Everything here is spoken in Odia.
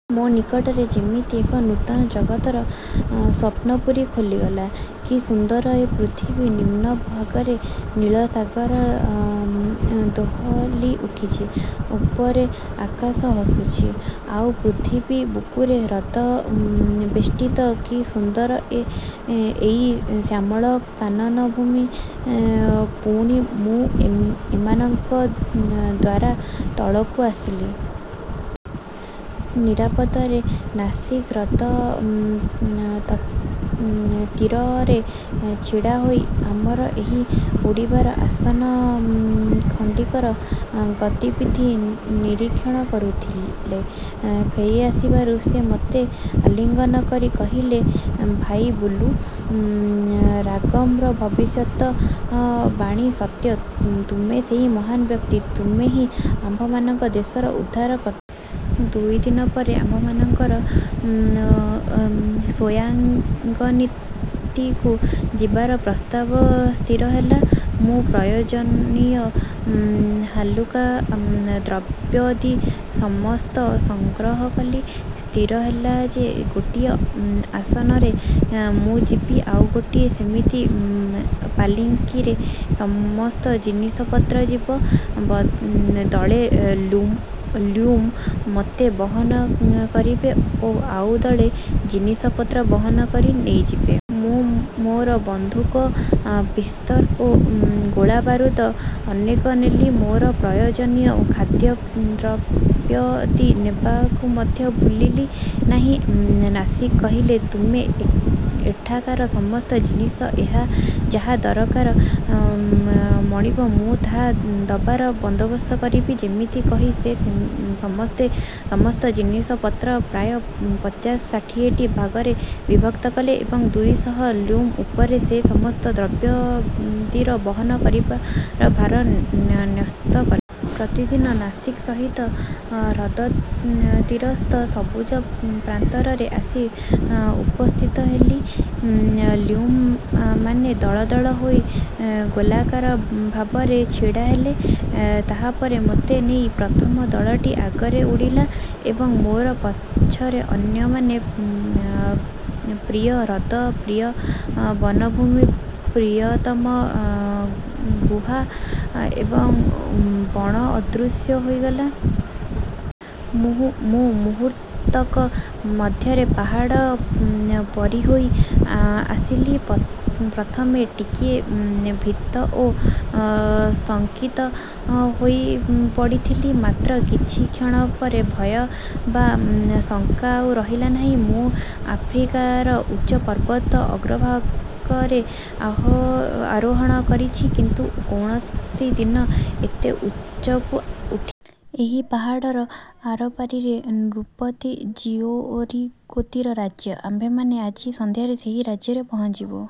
ମୋ ନିକଟରେ ଯେମିତି ଏକ ନୂତନ ଜଗତର ସ୍ୱପ୍ନପୁରୀ ଖୋଲିଗଲା। କି ସୁନ୍ଦର ଏଇ ପୃଥିବୀ! ନିମ୍ନ ଭାଗରେ ନୀଳସାଗର ଦୋହଲି ଉଠୁଛି। ଉପରେ ଆକାଶ ହସୁଛି। ଆଉ ପୃଥିବୀ ବୁକୁରେ ହ୍ରଦ ବେଷ୍ଟିତ କି ସୁନ୍ଦର ଏଇ ଶ୍ୟାମଳ କାନନ ଭୂମି! ପୁଣି ମୁଁ ଏମାନଙ୍କ ଦ୍ୱାରା ତଳକୁ ଆସିଲି। ନିରାପଦରେ। ନାସିଗ୍ ହ୍ରଦ ତୀରରେ ଛିଡ଼ା ହୋଇ ମୋର ଏହି ଉଡ଼ିବାର ଆସନ ଖଣ୍ଡିକର ଗତିବିଧି ନିରୀକ୍ଷଣ କରୁଥିଲେ। ଫେରିଆସିବାରୁ ସେ ମୋତେ ଆଲିଙ୍ଗନ କରି କହିଲେ, ''ଭାଇ ବୁଲୁ! ରାଗମ୍ର ଭବିଷ୍ୟତ ବାଣୀ ସତ୍ୟ। ତୁମେ ସେହି ମହାନ୍ ବ୍ୟକ୍ତି। ତୁମେ ହିଁ ଆମ୍ଭମାନଙ୍କ ଦେଶର ଉଦ୍ଧାର କର୍ତ୍ତା। '' ଦୁଇଦିନ ପରେ ଆମ୍ଭମାନଙ୍କର ସୋୟାଙ୍ଗନିତିକୁ ଯିବାର ପ୍ରସ୍ତାବ ସ୍ଥିର ହେଲା। ମୁଁ ପ୍ରୟୋଜନୀୟ ହାଲୁକା ଦ୍ରବ୍ୟାଦି ସମସ୍ତ ସଂଗ୍ରହ କଲି। ସ୍ଥିର ହେଲା ଯେ ଗୋଟିଏ ଆସନରେ ମୁଁ ଯିବି, ଆଉ ଗୋଟିଏ ଏମିତି ପାଲିଙ୍କିରେ ସମସ୍ତ ଜିନିଷପତ୍ର ଯିବ। ଦଳେ ଲ୍ଲୁମ ମୋତେ ବହନ କରିବେ ଓ ଆଉ ଦଳେ ଜିନିଷପତ୍ର ବହନକରି ନେଇଯିବେ। ମୁଁ ମୋର ବନ୍ଧୁକ, ପିସ୍ତଲ ଓ ଗୋଳାବାରୁଦ ଅନେକ ନେଲି। ମୋର ପ୍ରୟୋଜନୀୟ ଖାଦ୍ୟଦ୍ରବ୍ୟାଦି ନେବାକୁ ମଧ୍ୟ ଭୁଲିଲି ନାହିଁ-। ନାସିଗ୍ କହିଲେ, ''ତୁମେ ଏଠାକାର ସମସ୍ତ ଜିନିଷ ଯାହା ଦରକାର ମଣିବ ମୁଁ ତାହା ଦେବାର ବନ୍ଦୋବସ୍ତ କରିବି। '' ଏମିତି କହି ସେ ସମସ୍ତ ଜିନିଷପତ୍ର ପ୍ରାୟ ପଚାଶ ଷାଠିଏଟି ଭାଗରେ ବିଭକ୍ତ କଲେ ଏବଂ ଦୁଇ ଶହ ଲ୍ଲୁମ ଉପରେ ସେ ସମସ୍ତ ଦ୍ରବ୍ୟାଦିର ବହନ କରବାର ଭାର ନ୍ୟସ୍ତ କଲେ। ପରଦିନ ନାସିଗ୍ ସହିତ ହ୍ରଦତୀରସ୍ଥ ସବୁଜ ପ୍ରାନ୍ତରରେ ଆସି ଉପସ୍ଥିତ ହେଲି। ଲ୍ଲୁମମାନେ ଦଳ ଦଳ ହୋଇ ଗୋଲାକାର ଭାବରେ ଛିଡ଼ାହେଲେ। ତାହାପରେ ମୋତେ ନେଇ ପ୍ରଥମ ଦଳଟି ଆଗରେ ଉଡ଼ିଲା ଏବଂ ମୋ ପଛରେ ଅନ୍ୟମାନେ। ପ୍ରିୟ ହ୍ରଦ, ପ୍ରିୟ ବନଭୂମି, ପ୍ରିୟତମ ଗୁହା ଓ ବଣ ଅଦୃଶ୍ୟ ହୋଇଗଲା। ମୁଁ ମୁହୂର୍ତ୍ତକ ମଧ୍ୟରେ ପାହାଡ଼ ପାରିହୋଇ ଆସିଲି। ପ୍ରଥମେ ଟିକିଏ ଭୀତ ଓ ଶଙ୍କିତ ହୋଇପଡ଼ିଥିଲି, ମାତ୍ର କିଛି କ୍ଷଣ ପରେ ଭୟ ବା ଶଙ୍କା ଆଉ ରହିଲା ନାହିଁ। ମୁଁ ଆଫ୍ରିକାର ଉଚ୍ଚ ପର୍ବତ ଅଗ୍ରଭାଗରେ ଆରୋହଣ କରିଛି, କିନ୍ତୁ କୌଣସି ଦିନ ଏତେ ଉଚ୍ଚକୁ ଉଠିନି। ଏହି ପାହାଡ଼ର ଆରପାରିରେ ନୃପତି ଜିଓରିଗୋତିର ରାଜ୍ୟ। ଆମ୍ଭେମାନେ ଆଜି ସନ୍ଧ୍ୟାରେ ସେହି ରାଜ୍ୟରେ ପହଞ୍ଚିବୁ।